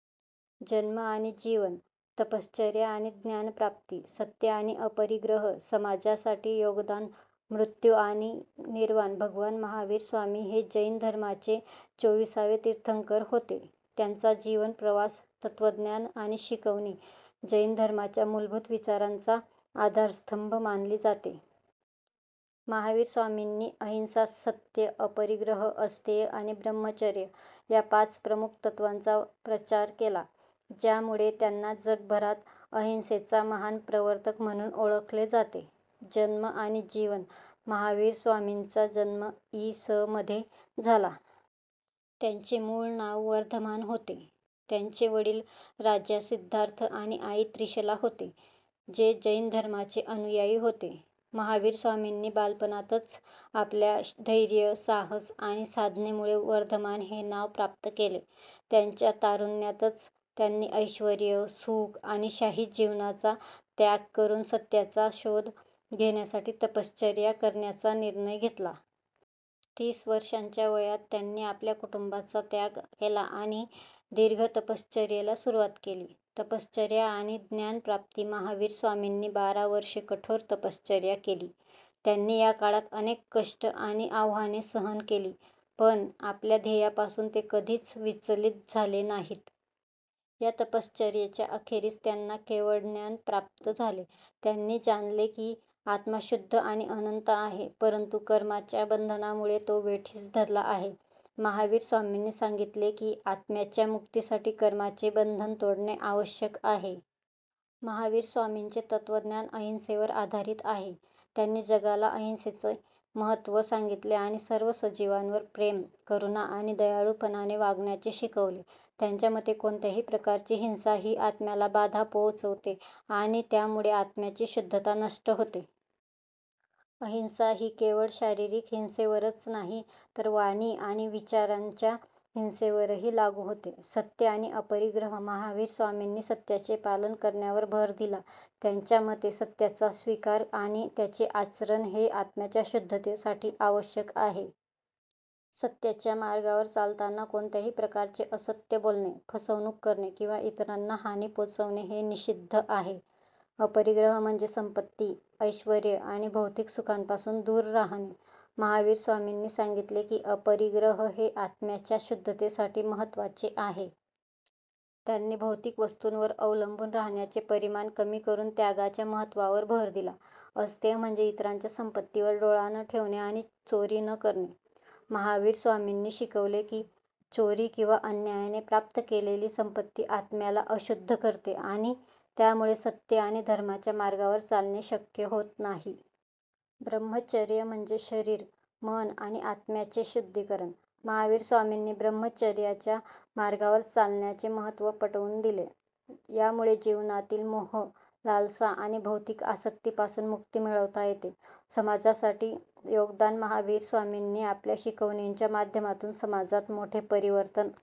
जन्म आणि जीवन तपश्चर्या आणि ज्ञानप्राप्ती सत्य आणि अपरिग्रह समाजासाठी योगदान मृत्यू आणि निर्वाण भगवान महावीर स्वामी हे जैन धर्माचे चोविसावे तीर्थंकर होते. त्यांचा जीवन प्रवास, तत्त्वज्ञान आणि शिकवणी जैन धर्माच्या मूलभूत विचारांचा आधारस्तंभ मानली जाते. महावीर स्वामींनी अहिंसा, सत्य, अपरिग्रह, अस्तेय आणि ब्रह्मचर्य या पाच प्रमुख तत्त्वांचा प्रचार केला, ज्यामुळे त्यांना जगभरात अहिंसेचा महान प्रवर्तक म्हणून ओळखले जाते. जन्म आणि जीवन महावीर स्वामींचा जन्म इ. स. मध्ये झाला. त्यांचे मूळ नाव वर्धमान होते. त्यांचे वडील राजा सिद्धार्थ आणि आई त्रिशला होते, जे जैन धर्माचे अनुयायी होते. महावीर स्वामींनी बालपणातच आपल्या धैर्य, साहस आणि साधनेमुळे वर्धमान हे नाव प्राप्त केले. त्यांच्या तारुण्यातच त्यांनी ऐश्वर्य, सुख आणि शाही जीवनाचा त्याग करून सत्याचा शोध घेण्यासाठी तपश्चर्या करण्याचा निर्णय घेतला. तीस वर्षांच्या वयात त्यांनी आपल्या कुटुंबाचा त्याग केला आणि दीर्घ तपश्चर्येला सुरुवात केली. तपश्चर्या आणि ज्ञानप्राप्ती महावीर स्वामींनी बारा वर्षे कठोर तपश्चर्या केली. त्यांनी या काळात अनेक कष्ट आणि आव्हाने सहन केली, पण आपल्या ध्येयापासून ते कधीच विचलित झाले नाहीत. या तपश्चर्येच्या अखेरीस त्यांना केवळज्ञान प्राप्त झाले. त्यांनी जाणले की आत्मा शुद्ध आणि अनंत आहे, परंतु कर्माच्या बंधनामुळे तो वेठीस धरला जातो. महावीर स्वामींनी सांगितले की, आत्म्याच्या मुक्तीसाठी कर्माचे बंधन तोडणे आवश्यक आहे. महावीर स्वामींचे तत्त्वज्ञान अहिंसेवर आधारित आहे. त्यांनी जगाला अहिंसेचे महत्त्व सांगितले आणि सर्व सजीवांवर प्रेम, करुणा आणि दयाळूपणाने वागण्याचे शिकवले. त्यांच्या मते, कोणत्याही प्रकारची हिंसा ही आत्म्याला बाधा पोहोचवते आणि त्यामुळे आत्म्याची शुद्धता नष्ट होते. अहिंसा ही केवळ शारीरिक हिंसेवरच नाही, तर वाणी आणि विचारांच्या हिंसेवरही लागू होते. सत्य आणि अपरिग्रह महावीर स्वामींनी सत्याचे पालन करण्यावर भर दिला. त्यांच्या मते, सत्याचा स्वीकार आणि त्याचे आचरण हे आत्म्याच्या शुद्धतेसाठी आवश्यक आहे. सत्याच्या मार्गावर चालताना कोणत्याही प्रकारचे असत्य बोलणे, फसवणूक करणे किंवा इतरांना हानी पोहोचवणे हे निषिद्ध आहे. अपरिग्रह म्हणजे संपत्ती, ऐश्वर्य आणि भौतिक सुखांपासून दूर राहणे. महावीर स्वामींनी सांगितले की, अपरिग्रह हे आत्म्याच्या शुद्धतेसाठी महत्त्वाचे आहे. त्यांनी भौतिक वस्तूंवर अवलंबून राहण्याचे परिमाण कमी करून त्यागाच्या महत्त्वावर भर दिला. अस्तेय म्हणजे इतरांच्या संपत्तीवर डोळा न ठेवणे आणि चोरी न करणे. महावीर स्वामींनी शिकवले की, चोरी किंवा अन्यायाने प्राप्त केलेली संपत्ती आत्म्याला अशुद्ध करते आणि त्यामुळे सत्य आणि धर्माच्या मार्गावर चालणे शक्य होत नाही. ब्रह्मचर्य म्हणजे शरीर, मन आणि आत्म्याचे शुद्धीकरण. महावीर स्वामींनी ब्रह्मचर्याच्या मार्गावर चालण्याचे महत्त्व पटवून दिले. यामुळे जीवनातील मोह, लालसा आणि भौतिक आसक्तीपासून मुक्ती मिळवता येते. समाजासाठी योगदान महावीर स्वामींनी आपल्या शिकवणींच्या माध्यमातून समाजात मोठे परिवर्तन